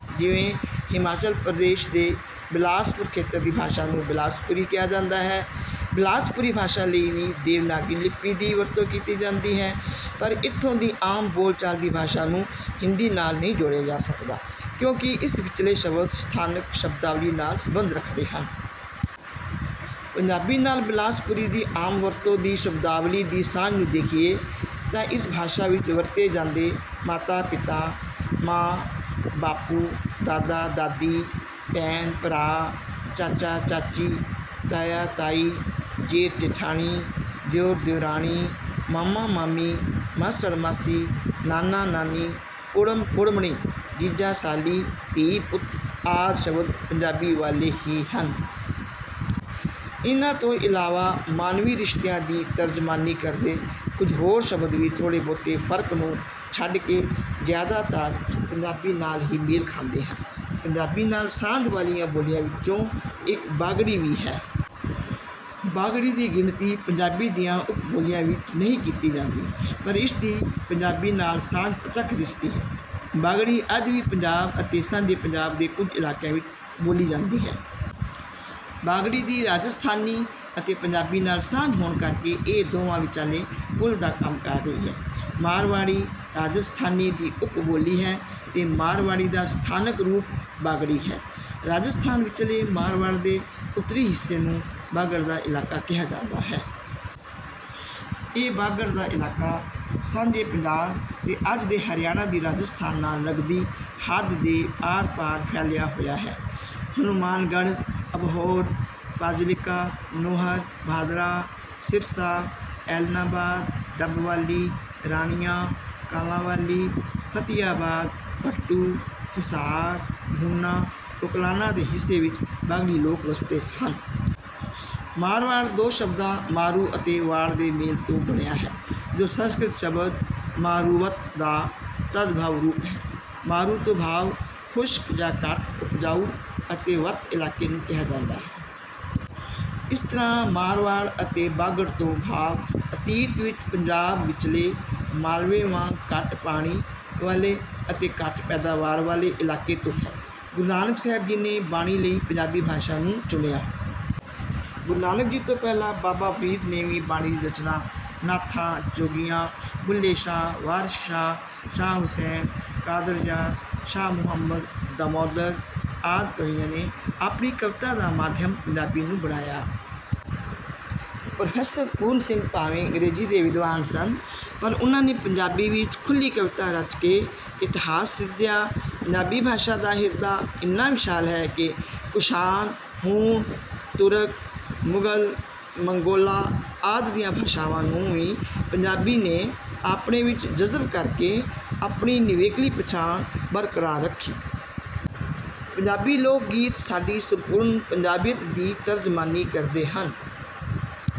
ਹਿਮਾਚਲ ਪ੍ਰਦੇਸ਼ ਦੇ ਬਿਲਾਸਪੁਰ ਖੇਤਰ ਦੀ ਭਾਸ਼ਾ ਨੂੰ ਬਿਲਾਸਪੁਰੀ ਕਿਹਾ ਜਾਂਦਾ ਹੈ। ਬਿਲਾਸਪੁਰੀ ਭਾਸ਼ਾ ਲਈ ਵੀ ਦੇਵਨਾਗਰੀ ਲਿਪੀ ਦੀ ਵਰਤੋਂ ਕੀਤੀ ਜਾਂਦੀ ਹੈ ਪਰ ਇੱਥੋਂ ਦੀ ਆਮ ਬੋਲਚਾਲ ਦੀ ਭਾਸ਼ਾ ਨੂੰ ਹਿੰਦੀ ਨਾਲ਼ ਨਹੀਂ ਜੋੜਿਆ ਜਾ ਸਕਦਾ ਕਿਉਂਕਿ ਇਸ ਵਿਚਲੇ ਸ਼ਬਦ ਸਥਾਨਕ ਸ਼ਬਦਾਵਲੀ ਨਾਲ਼ ਸੰਬੰਧ ਰੱਖਦੇ ਹਨ। ਪੰਜਾਬੀ ਨਾਲ਼ ਬਿਲਾਸਪੁਰੀ ਦੀ ਆਮ ਵਰਤੋਂ ਦੀ ਸ਼ਬਦਾਵਲੀ ਦੀ ਸਾਂਝ ਨੂੰ ਦੇਖੀਏ ਤਾਂ ਇਸ ਭਾਸ਼ਾ ਵਿੱਚ ਵਰਤੇ ਜਾਂਦੇ ਮਾਤਾ-ਪਿਤਾ, ਮਾਂ-ਬਾਪੂ, ਦਾਦਾ-ਦਾਦੀ, ਭੈਣ-ਭਰਾ, ਚਾਚਾ-ਚਾਚੀ, ਤਾਇਆ-ਤਾਈ, ਜੇਠ-ਜੇਠਾਣੀ, ਦਿਓਰ-ਦਿਓਰਾਣੀ, ਮਾਮਾ-ਮਾਮੀ, ਮਾਸੜ-ਮਾਸੀ, ਨਾਨਾ -ਨਾਨੀ, ਕੁੜਮ-ਕੁੜਮਣੀ, ਜੀਜਾ-ਸਾਲੀ, ਧੀ-ਪੁੱਤ ਆਦਿ ਸ਼ਬਦ ਪੰਜਾਬੀ ਵਾਲ਼ੇ ਹੀ ਹਨ। ਇਨ੍ਹਾਂ ਤੋਂ ਇਲਾਵਾ ਮਾਨਵੀ ਰਿਸ਼ਤਿਆਂ ਦੀ ਤਰਜਮਾਨੀ ਕਰਦੇ ਕੁਝ ਹੋਰ ਸ਼ਬਦ ਵੀ ਥੋੜ੍ਹੇ-ਬਹੁਤੇ ਫ਼ਰਕ ਨੂੰ ਛੱਡ ਕੇ ਜ਼ਿਆਦਾਤਰ ਪੰਜਾਬੀ ਨਾਲ਼ ਹੀ ਮੇਲ ਖਾਂਦੇ ਹਨ। ਪੰਜਾਬੀ ਨਾਲ਼ ਸਾਂਝ ਵਾਲ਼ੀਆਂ ਬੋਲੀਆਂ ਵਿੱਚੋਂ ਇੱਕ 'ਬਾਗੜੀ' ਵੀ ਹੈ। ਬਾਗੜੀ ਦੀ ਗਿਣਤੀ ਪੰਜਾਬੀ ਦੀਆਂ ਉੱਪ-ਬੋਲੀਆਂ ਵਿੱਚ ਨਹੀਂ ਕੀਤੀ ਜਾਂਦੀ ਪਰ ਇਸ ਦੀ ਪੰਜਾਬੀ ਨਾਲ਼ ਸਾਂਝ ਪ੍ਰਤੱਖ ਦਿਸਦੀ ਹੈ। ਬਾਗੜੀ ਅੱਜ ਵੀ ਪੰਜਾਬ ਅਤੇ ਸਾਂਝੇ ਪੰਜਾਬ ਦੇ ਕੁਝ ਇਲਾਕਿਆਂ ਵਿੱਚ ਬੋਲੀ ਜਾਂਦੀ ਹੈ। ਬਾਗੜੀ ਦੀ ਰਾਜਸਥਾਨੀ ਅਤੇ ਪੰਜਾਬੀ ਨਾਲ਼ ਸਾਂਝ ਹੋਣ ਕਰਕੇ ਇਹ ਦੋਵਾਂ ਵਿਚਾਲੇ ਪੁਲ਼ ਦਾ ਕੰਮ ਕਰ ਰਹੀ ਹੈ। ਮਾਰਵਾੜੀ, ਰਾਜਸਥਾਨੀ ਦੀ ਉੱਪ-ਬੋਲੀ ਹੈ ਤੇ ਮਾਰਵਾੜੀ ਦਾ ਸਥਾਨਕ ਰੂਪ ਬਾਗੜੀ ਹੈ। ਰਾਜਸਥਾਨ ਵਿਚਲੇ ਮਾਰਵਾੜ ਦੇ ਉੱਤਰੀ ਹਿੱਸੇ ਨੂੰ ਬਾਗੜ ਦਾ ਇਲਾਕਾ ਕਿਹਾ ਜਾਂਦਾ ਹੈ। ਇਹ ਬਾਗੜ ਦਾ ਇਲਾਕਾ ਸਾਂਝੇ ਪੰਜਾਬ ਤੇ ਅੱਜ ਦੇ ਹਰਿਆਣਾ ਦੀ ਰਾਜਸਥਾਨ ਨਾਲ਼ ਲੱਗਦੀ ਹੱਦ ਦੇ ਆਰ-ਪਾਰ ਫੈਲਿਆ ਹੋਇਆ ਹੈ। ਹਨੂਮਾਨਗੜ੍ਹ, ਅਬਹੋਰ, ਫ਼ਾਜ਼ਿਲਕਾ, ਨੌਹਰ, ਭਾਦਰਾ, ਸਿਰਸਾ, ਐਲਨਾਬਾਦ, ਡੱਬਵਾਲੀ, ਰਾਣੀਆਂ, ਕਾਲਾਂਵਾਲੀ, ਫ਼ਤਿਆਬਾਦ, ਭੱਟੂ, ਹਿਸਾਰ, ਭੂਨਾ, ਉਕਲਾਨਾ ਦੇ ਹਿੱਸੇ ਵਿੱਚ ਬਾਗੜੀ ਲੋਕ ਵਸਦੇ ਹਨ। 'ਮਾਰਵਾੜ' ਦੋ ਸ਼ਬਦਾਂ ਮਾਰੂ ਅਤੇ ਵਾੜ ਦੇ ਮੇਲ ਤੋਂ ਬਣਿਆ ਹੈ ਜੋ ਸੰਸਕ੍ਰਿਤ ਸ਼ਬਦ 'ਮਾਰੂਵਤ' ਦਾ ਤਦਭਵ ਰੂਪ ਹੈ। 'ਮਾਰੂ' ਤੋਂ ਭਾਵ ਖੁਸ਼ਕ ਜਾਂ ਘੱਟ ਉਪਜਾਊ ਅਤੇ 'ਵਤ' ਇਲਾਕੇ ਨੂੰ ਕਿਹਾ ਜਾਂਦਾ ਹੈ। ਇਸ ਤਰ੍ਹਾਂ ਮਾਰਵਾੜ ਅਤੇ ਬਾਗੜ ਤੋਂ ਭਾਵ ਅਤੀਤ ਵਿੱਚ ਪੰਜਾਬ ਵਿਚਲੇ ਮਾਲਵੇ ਵਾਂਗ ਘੱਟ ਪਾਣੀ ਵਾਲ਼ੇ ਅਤੇ ਘੱਟ ਪੈਦਾਵਾਰ ਵਾਲ਼ੇ ਇਲਾਕੇ ਤੋਂ ਹੈ। ਗੂਰੂ ਨਾਨਕ ਸਾਹਿਬ ਜੀ ਨੇ ਬਾਣੀ ਲਈ ਪੰਜਾਬੀ ਭਾਸ਼ਾ ਨੂੰ ਚੁਣਿਆ। ਗੁਰੂ ਨਾਨਕ ਜੀ ਤੋਂ ਪਹਿਲਾਂ ਬਾਬਾ ਫ਼ਰੀਦ ਨੇ ਵੀ ਬਾਣੀ ਦੀ ਰਚਨਾ, ਨਾਥਾਂ, ਜੋਗੀਆਂ, ਬੁੱਲ੍ਹੇ ਸ਼ਾਹ, ਵਾਰਿਸ ਸ਼ਾਹ, ਸ਼ਾਹ ਹੁਸੈਨ, ਕ਼ਾਦਰਯਾਰ, ਸ਼ਾਹ ਮੁਹੰਮਦ, ਦਮੋਦਰ ਆਦਿ ਕਵੀਆਂ ਨੇ ਆਪਣੀ ਕਵਿਤਾ ਦਾ ਮਾਧਿਅਮ ਪੰਜਾਬੀ ਨੂੰ ਬਣਾਇਆ। ਪ੍ਰੋ. ਪੂਰਨ ਸਿੰਘ ਭਾਵੇਂ ਅੰਗਰੇਜ਼ੀ ਦੇ ਵਿਦਵਾਨ ਸਨ ਪਰ ਉਨ੍ਹਾਂ ਨੇ ਪੰਜਾਬੀ ਵਿੱਚ ਖੁੱਲ੍ਹੀ ਕਵਿਤਾ ਰਚ ਕੇ ਇਤਿਹਾਸ ਸਿਰਜਿਆ। ਪੰਜਾਬੀ ਭਾਸ਼ਾ ਦਾ ਹਿਰਦਾ ਇੰਨਾ ਵਿਸ਼ਾਲ ਹੈ ਕਿ ਕੁਸ਼ਾਨ, ਹੂਣ, ਤੁਰਕ, ਮੁਗ਼ਲ, ਮੰਗੋਲਾਂ ਆਦਿ ਦੀਆਂ ਭਾਸ਼ਾਵਾਂ ਨੂੰ ਵੀ ਪੰਜਾਬੀ ਨੇ ਆਪਣੇ ਵਿੱਚ ਜਜ਼ਬ ਕਰ ਕੇ ਆਪਣੀ ਨਿਵੇਕਲੀ ਪਛਾਣ ਬਰਕਰਾਰ ਰੱਖੀ। ਪੰਜਾਬੀ ਲੋਕ ਗੀਤ ਸਾਡੀ ਸੰਪੂਰਨ ਪੰਜਾਬੀਅਤ ਦੀ ਤਰਜਮਾਨੀ ਕਰਦੇ ਹਨ।